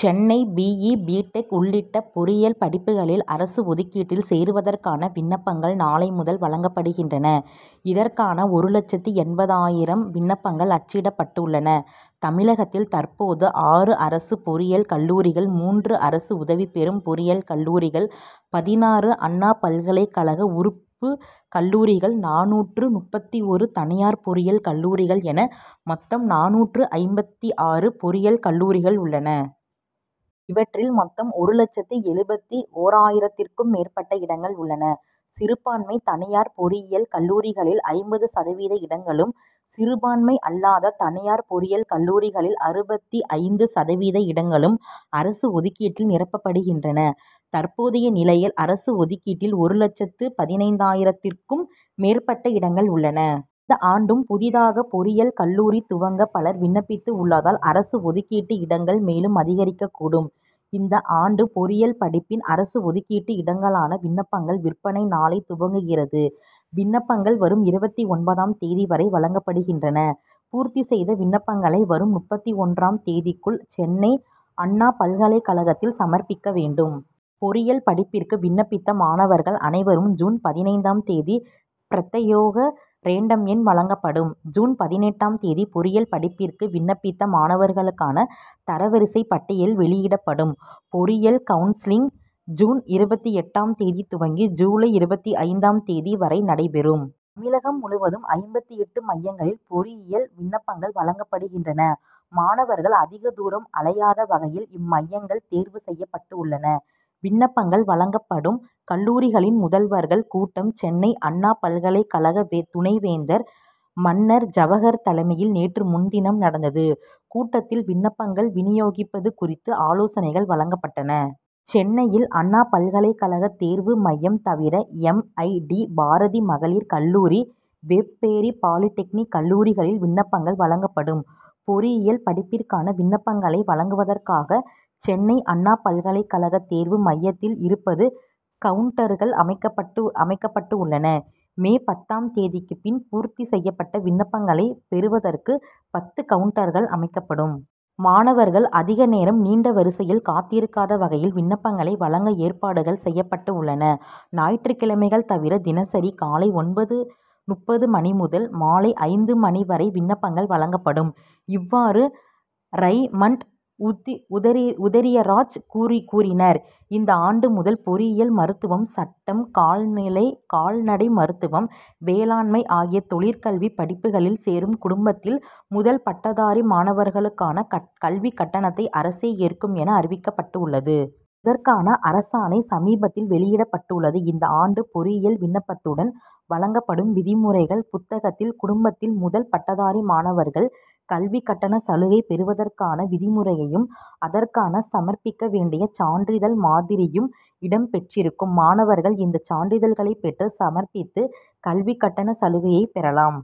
Chennai B. E. B. Tech. உள்ளிட்ட பொறியியல் படிப்புகளில் அரசு ஒதுக்கீட்டில் சேருவதற்கான விண்ணப்பங்கள் நாளை முதல் வழங்கப்படுகின்றன. இதற்கான ஒரு லட்சத்து எண்பதாயிரம் விண்ணப்பங்கள் அச்சிடப்பட்டுள்ளன. தமிழகத்தில் தற்போது ஆறு அரசு பொறியியல் கல்லூரிகள் மூன்று அரசு உதவிபெறும் பொறியியல் கல்லூரிகள் பதினாறு அண்ணா பல்கலைக் கழக உறுப்புக் கல்லூரிகள் நானூற்று முப்பத்தி ஒரு தனியார் பொறியியல் கல்லூரிகள் என மொத்தம் நானூற்று ஐம்பத்தி ஆறு பொறியியல் கல்லூரிகள் உள்ளன. இவற்றில் மொத்தம் ஒரு லட்சத்து எழுபத்து ஓராயிரத்திற்கும் மேற்பட்ட இடங்கள் உள்ளன. சிறுபான்மை தனியார் பொறியியல் கல்லூரிகளில் ஐம்பது சதவீத இடங்களும் சிறுபான்மை அல்லாத தனியார் பொறியியல் கல்லூரிகளில் அறுபத்து ஐந்து சதவீத இடங்களும் அரசு ஒதுக்கீட்டில் நிரப்பப்படுகின்றன. தற்போதைய நிலையில் அரசு ஒதுக்கீட்டில் ஒரு லட்சத்து பதினைந்தாயிரத்திற்கும் மேற்பட்ட இடங்கள் உள்ளன. இந்த ஆண்டும் புதிதாக பொறியியல் கல்லூரி துவங்க பலர் விண்ணப்பித்து உள்ளதால் அரசு ஒதுக்கீட்டு இடங்கள் மேலும் அதிகரிக்கக்கூடும். இந்த ஆண்டு பொறியியல் படிப்பில் அரசு ஒதுக்கீட்டு இடங்களான விண்ணப்பங்கள் விற்பனை நாளை துவங்குகிறது. விண்ணப்பங்கள் வரும் இருபத்திஒன்பதாம் தேதி வரை வழங்கப்படுகின்றன. பூர்த்தி செய்த விண்ணப்பங்களை வரும் முப்பத்தி ஒன்றாம் தேதிக்குள் சென்னை அண்ணா பல்கலைக் கழகத்தில் சமர்ப்பிக்க வேண்டும். பொறியியல் படிப்பிற்கு விண்ணப்பித்த மாணவர்கள் அனைவரும் ஜூன் பதினைந்தாம் தேதி பிரத்தயோக ரேண்டம் எண் வழங்கப்படும். ஜூன் பதினெட்டாம் தேதி பொறியியல் படிப்பிற்கு விண்ணப்பித்த மாணவர்களுக்கான தரவரிசைப் பட்டியல் வெளியிடப்படும். பொறியியல் கவுன்சிலிங் ஜூன் இருவத்திஎட்டாம் தேதி துவங்கி ஜூலை இருபத்தைந்தாம் தேதி வரை நடைபெறும். தமிழகம் முழுவதும் ஐம்பத்தெட்டு மையங்களில் பொறியியல் விண்ணப்பங்கள் வழங்கப்படுகின்றன. மாணவர்கள் அதிக தூரம் அலையாத வகையில் இம்மையங்கள் தேர்வு செய்யப்பட்டுள்ளன. விண்ணப்பங்கள் வழங்கப்படும் கல்லூரிகளின் முதல்வர்கள் கூட்டம் சென்னை அண்ணா பல்கலைக் கழக துணைவேந்தர் மன்னர் ஜவகர் தலைமையில் நேற்று முன்தினம் நடந்தது. கூட்டத்தில் விண்ணப்பங்கள் வினியோகிப்பது குறித்து ஆலோசனைகள் வழங்கப்பட்டன. சென்னையில் அண்ணா பல்கலைக் கழக தேர்வு மையம் தவிர எம். ஐ. டி. பாரதி மகளிர் கல்லூரி வேப்பேரி பாலிடெக்னிக் கல்லூரிகளில் விண்ணப்பங்கள் வழங்கப்படும். பொறியியல் படிப்பிற்கான விண்ணப்பங்களை வழங்குவதற்காக சென்னை அண்ணா பல்கலைக் கழக தேர்வு மையத்தில் இருப்பது கவுன்டர்கள் அமைக்கப்பட்டு அமைக்கப்பட்டுஉள்ளன. மே பத்தாம் தேதிக்கு பின் பூர்த்தி செய்யப்பட்ட விண்ணப்பங்களை பெறுவதற்கு பத்து கவுன்டர்கள் அமைக்கப்படும். மாணவர்கள் அதிக நேரம் நீண்ட வரிசையில் காத்திருக்காத வகையில் விண்ணப்பங்களை வழங்க ஏற்பாடுகள் செய்யப்பட்டுஉள்ளன. ஞாயிற்றுக்கிழமைகள் தவிர தினசரி காலை ஒன்பது முப்பது மணி முதல் மாலை ஐந்து மணி வரை விண்ணப்பங்கள் வழங்கப்படும். இவ்வாறு ரை மண்ட் உத்திஉதரியராஜ் கூறி கூறினர். இந்த ஆண்டு முதல் பொறியியல் மருத்துவம் சட்டம் கால்நிலை கால்நடை மருத்துவம் வேளாண்மை ஆகிய தொழிற்கல்வி படிப்புகளில் சேரும் குடும்பத்தில் முதல் பட்டதாரி மாணவர்களுக்கான கல்விக் கட்டணத்தை அரசே ஏற்கும் என அறிவிக்கப்பட்டுள்ளது. இதற்கான அரசாணை சமீபத்தில் வெளியிடப்பட்டு உள்ளது. இந்த ஆண்டு பொறியியல் விண்ணப்பத்துடன் வழங்கப்படும் விதிமுறைகள் புத்தகத்தில் குடும்பத்தில் முதல் பட்டதாரி மாணவர்கள் கல்விக் கட்டண சலுகையை பெறுவதற்கான விதிமுறையும் அதற்கான சமர்ப்பிக்க வேண்டிய சான்றிதழ் மாதிரியும் இடம்பெற்றிருக்கும். மாணவர்கள் இந்த சான்றிதழ்களை பெற்ற சமர்ப்பித்து கல்விக் கட்டண சலுகையை பெறலாம்.